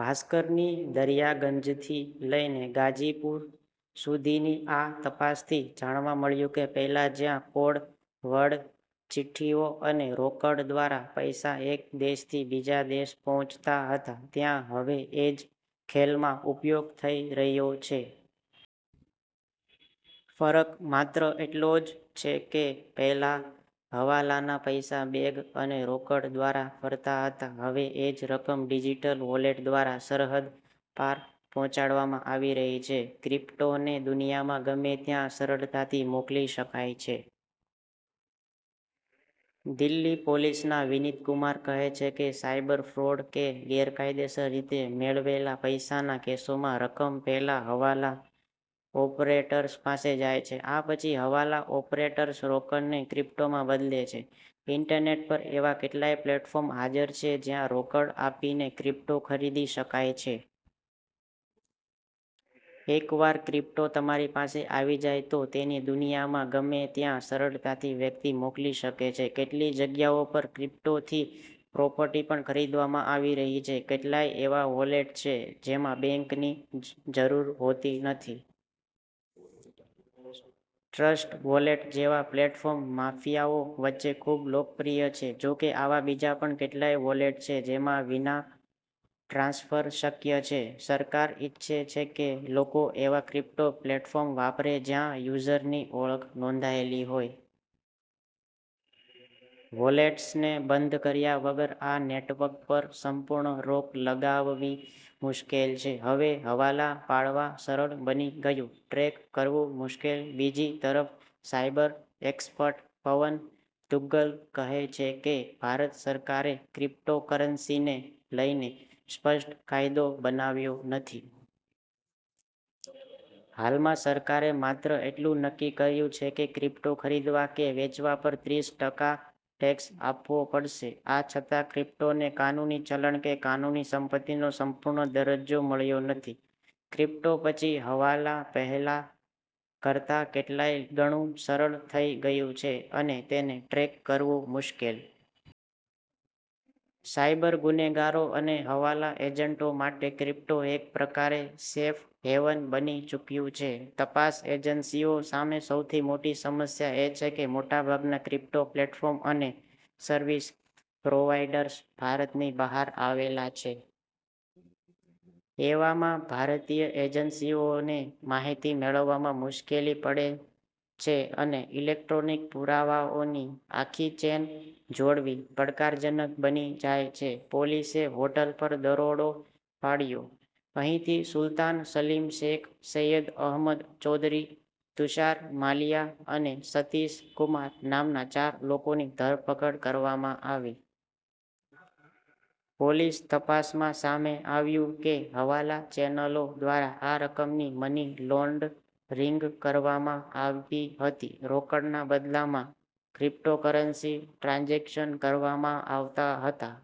ભાસ્કરની દરિયાગંજથી લઈને ગાજીપુર સુધીની આ તપાસથી જાણવા મળ્યું કે, પહેલાં જ્યાં કોડ વર્ડ, ચિઠ્ઠીઓ અને રોકડ દ્વારા પૈસા એક દેશથી બીજા દેશ પહોંચતા હતા, ત્યાં હવે એ જ ખેલમાં ઉપયોગ થઈ રહ્યો છે. ફરક માત્ર એટલો જ છે કે પહેલાં હવાલાના પૈસા બેગ અને રોકડ દ્વારા ફરતા હતા, હવે એ જ રકમ ડિજિટલ વોલેટ દ્વારા સરહદ પાર પહોંચાડવામાં આવી રહી છે. ક્રિપ્ટોને દુનિયામાં ગમે ત્યાં સરળતાથી મોકલી શકાય છે. દિલ્હી પોલીસના વિનીત કુમાર કહે છે કે, "સાયબર ફ્રોડ કે ગેરકાયદેસર રીતે મેળવેલા પૈસાના કેસોમાં રકમ પહેલાં હવાલા ઓપરેટર્સ પાસે જાય છે. આ પછી હવાલા ઓપરેટર્સ રોકડને ક્રિપ્ટોમાં બદલે છે." ઇન્ટરનેટ પર એવા કેટલાય પ્લેટફોર્મ હાજર છે, જ્યાં રોકડ આપીને ક્રિપ્ટો ખરીદી શકાય છે. એકવાર ક્રિપ્ટો તમારી પાસે આવી જાય તો તેને દુનિયામાં ગમે ત્યાં સરળતાથી વ્યક્તિ મોકલી શકે છે. કેટલીય જગ્યાઓ પર ક્રિપ્ટોથી પ્રોપર્ટી પણ ખરીદવામાં આવી રહી છે. કેટલાય એવા વોલેટ છે, જેમાં બેંક ની જરૂર હોતી નથી. ટ્રસ્ટ વોલેટ જેવા પ્લેટફોર્મ માફિયાઓ વચ્ચે ખૂબ લોકપ્રિય છે. જોકે આવા બીજા પણ કેટલાય વોલેટ છે, જેમાં વિના ટ્રાન્સફર શક્ય છે. સરકાર ઈચ્છે છે કે, લોકો એવા ક્રિપ્ટો પ્લેટફોર્મ વાપરે જ્યાં યુઝરની ઓળખ નોંધાયેલી હોય. વોલેટ્સને બંધ કર્યા વગર આ નેટવર્ક પર સંપૂર્ણ રોક લગાવવી મુશ્કેલ છે. હવે હવાલા પાડવા સરળ બની ગયું, ટ્રેક કરવું મુશ્કેલ. બીજી તરફ, સાયબર એક્સપર્ટ પવન દુગ્ગલ કહે છે કે, "ભારત સરકારે ક્રિપ્ટોકરન્સીને લઈને સ્પષ્ટ કાયદો બનાવ્યો નથી. હાલમાં સરકારે માત્ર એટલું નક્કી કર્યું છે કે ક્રિપ્ટો ખરીદવા કે વેચવા પર ત્રીસ ટકા ટેક્સ આપવો પડશે. આ છતાં ક્રિપ્ટોને કાનૂની ચલણ કે કાનૂની સંપત્તિનો સંપૂર્ણ દરજ્જો મળ્યો નથી." ક્રિપ્ટો પછી હવાલા પહેલા કરતાં કેટલાય ગણું સરળ થઈ ગયું છે, અને તેને ટ્રેક કરવું મુશ્કેલ. સાયબર ગુનેગારો અને હવાલા એજન્ટો માટે ક્રિપ્ટો એક પ્રકારે 'સેફ હેવન' બની ચૂક્યું છે. તપાસ એજન્સીઓ સામે સૌથી મોટી સમસ્યા એ છે કે મોટાભાગના ક્રિપ્ટો પ્લેટફોર્મ અને સર્વિસ પ્રોવાઈડર્સ ભારતની બહાર આવેલા છે. એવામાં ભારતીય એજન્સીઓને માહિતી મેળવવામાં મુશ્કેલી પડે છે અને ઇલેક્ટ્રોનિક પુરાવાઓની આખી ચેન જોડવી પડકારજનક બની જાય છે. પોલીસે હોટલ પર દરોડો પાડ્યો. અહીંથી સુલ્તાન સલીમ શેખ, સૈયદ અહમદ ચૌધરી, તુષાર માલિયા અને સતીશ કુમાર નામના ચાર લોકોની ધરપકડ કરવામાં આવી. પોલીસ તપાસમાં સામે આવ્યું કે હવાલા ચેનલો દ્વારા આ રકમની મની લોન્ડરિંગ કરવામાં આવતી હતી. રોકડના બદલામાં ક્રિપ્ટોકરન્સી ટ્રાન્ઝેક્શન કરવામાં આવતા હતા.